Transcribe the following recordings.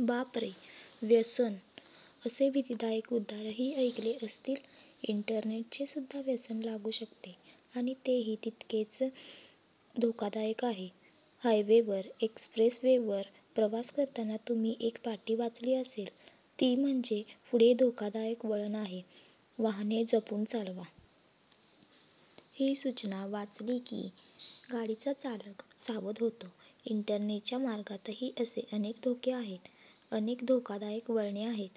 'बापरे! व्यसन?' असे भीतिदायक उद्गारही ऐकले असतील. इंटरनेटचेसुद्धा व्यसन लागू शकते आणि तेही तितकेच धोकादायक आहे. हायवेवर, एक्स्प्रेसवेवर प्रवास करताना तुम्ही एक पाटी वाचली असेल ती म्हणजे, 'पुढे धोकादायक वळण आहे, वाहने जपून चालवा.' ही सूचना वाचली की, गाडीचा चालक सावध होतो. इंटरनेटच्या मार्गातही असे अनेक धोके आहेत, अनेक धोकादायक वळणे आहेत.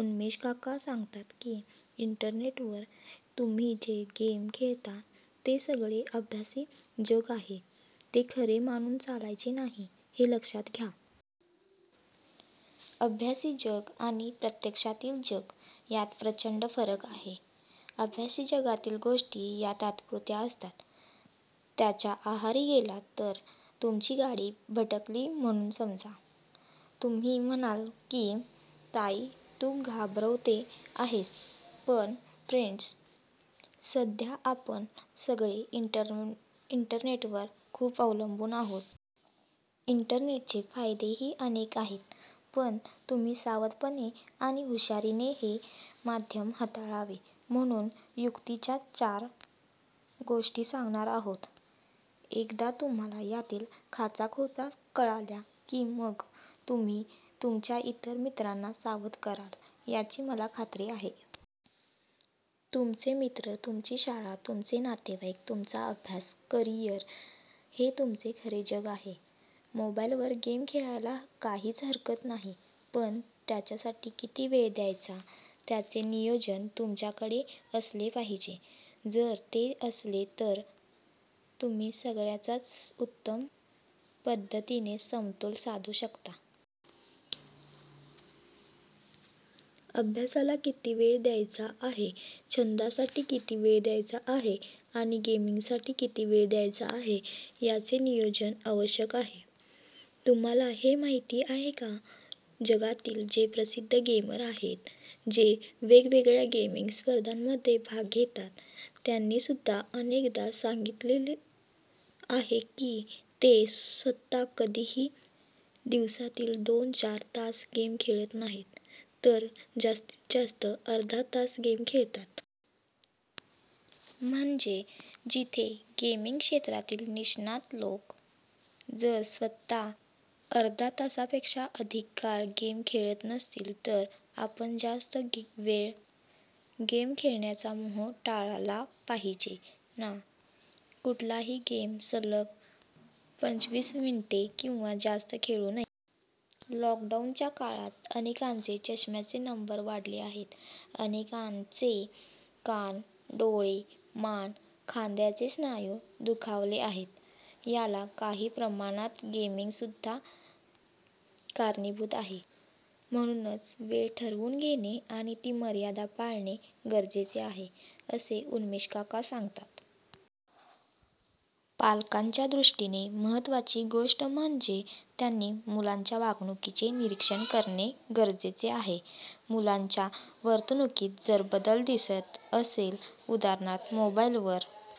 उन्मेष काका सांगतात की, इंटरनेटवर तुम्ही जे गेम खेळता ते सगळे आभासी जग आहे, ते खरे मानून चालायचे नाही- हे लक्षात घ्या. आभासी जग आणि प्रत्यक्षातील जग यात प्रचंड फरक आहे. आभासी जगातील गोष्टी या तात्पुरत्या असतात. त्याच्या आहारी गेलात तर तुमची गाडी भरकटली म्हणून समजा! तुम्ही म्हणाल की, ताई तू घाबरवते आहेस. पण फ्रेंड्स, सध्या आपण सगळेच इंटरनेटवर खूप अवलंबून आहोत. इंटरनेटचे फायदेही अनेक आहेत. पण तुम्ही सावधपणे आणि हुशारीने हे माध्यम हाताळावे म्हणून युक्तीच्या चार गोष्टी सांगणार आहोत. एकदा तुम्हांला यातील खाचाखोचा कळल्या की, मग तुम्हीच तुमच्या इतर मित्रांना सावध कराल, याची मला खात्री आहे. तुमचे मित्र, तुमची शाळा, तुमचे नातेवाईक, तुमचा अभ्यास, करिअर हे तुमचे खरे जग आहे. मोबाइलवर गेम खेळायला काहीच हरकत नाही पण त्याच्यासाठी किती वेळ द्यायचा याचे नियोजन तुमच्याकडे असले पाहिजे. जर ते असेल तर तुम्ही सगळ्याचा उत्तम पद्धतीने समतोल साधू शकता. अभ्यासाला किती वेळ द्यायचा आहे, छंदासाठी किती वेळ द्यायचा आहे आणि गेमिंगसाठी किती वेळ द्यायचा आहे याचे नियोजन आवश्यक आहे. तुम्हांला हे माहिती आहे का, जगातील जे प्रसिद्ध गेमर आहेत, जे वेगवेगळ्या गेमिंग स्पर्धांमध्ये भाग घेतात, त्यांनीसुद्धा अनेकदा सांगितलेले आहे की, ते स्वतः कधीही दिवसातील दोन-चार तास गेम खेळत नाहीत, तर जास्तीत जास्त अर्धा तास गेम खेळतात. म्हणजे जिथे गेमिंग क्षेत्रातील निष्णात लोक जर स्वतः अर्ध्या तासापेक्षा अधिक काळ गेम खेळत नसतील तर आपण जास्त वेळ गेम खेळण्याचा मोह टाळला पाहिजे ना! कुठलाही गेम सलग पंचवीस मिनिटे किंवा जास्त खेळू नये. लॉकडाऊन काळात अनेकांचे चष्म्याचे नंबर वाढले आहेत. अनेकांचे कान, डोळे, मान, खांद्याचे स्नायू दुखावले आहेत. याला काही प्रमाणात गेमिंगसुद्धा कारणीभूत आहे. म्हणूनच वेळ ठरवून घेणे आणि ती मर्यादा पाळणे गरजेचे आहे असे उन्मेष काका सांगतात. पालकांच्या दृष्टीने महत्त्वाची गोष्ट म्हणजे त्यांनी मुलांच्या वागणुकीचे निरीक्षण करणे गरजेचे आहे. मुलांच्या वर्तणुकीत जर बदल दिसत असेल, उदा. मोबाइलवर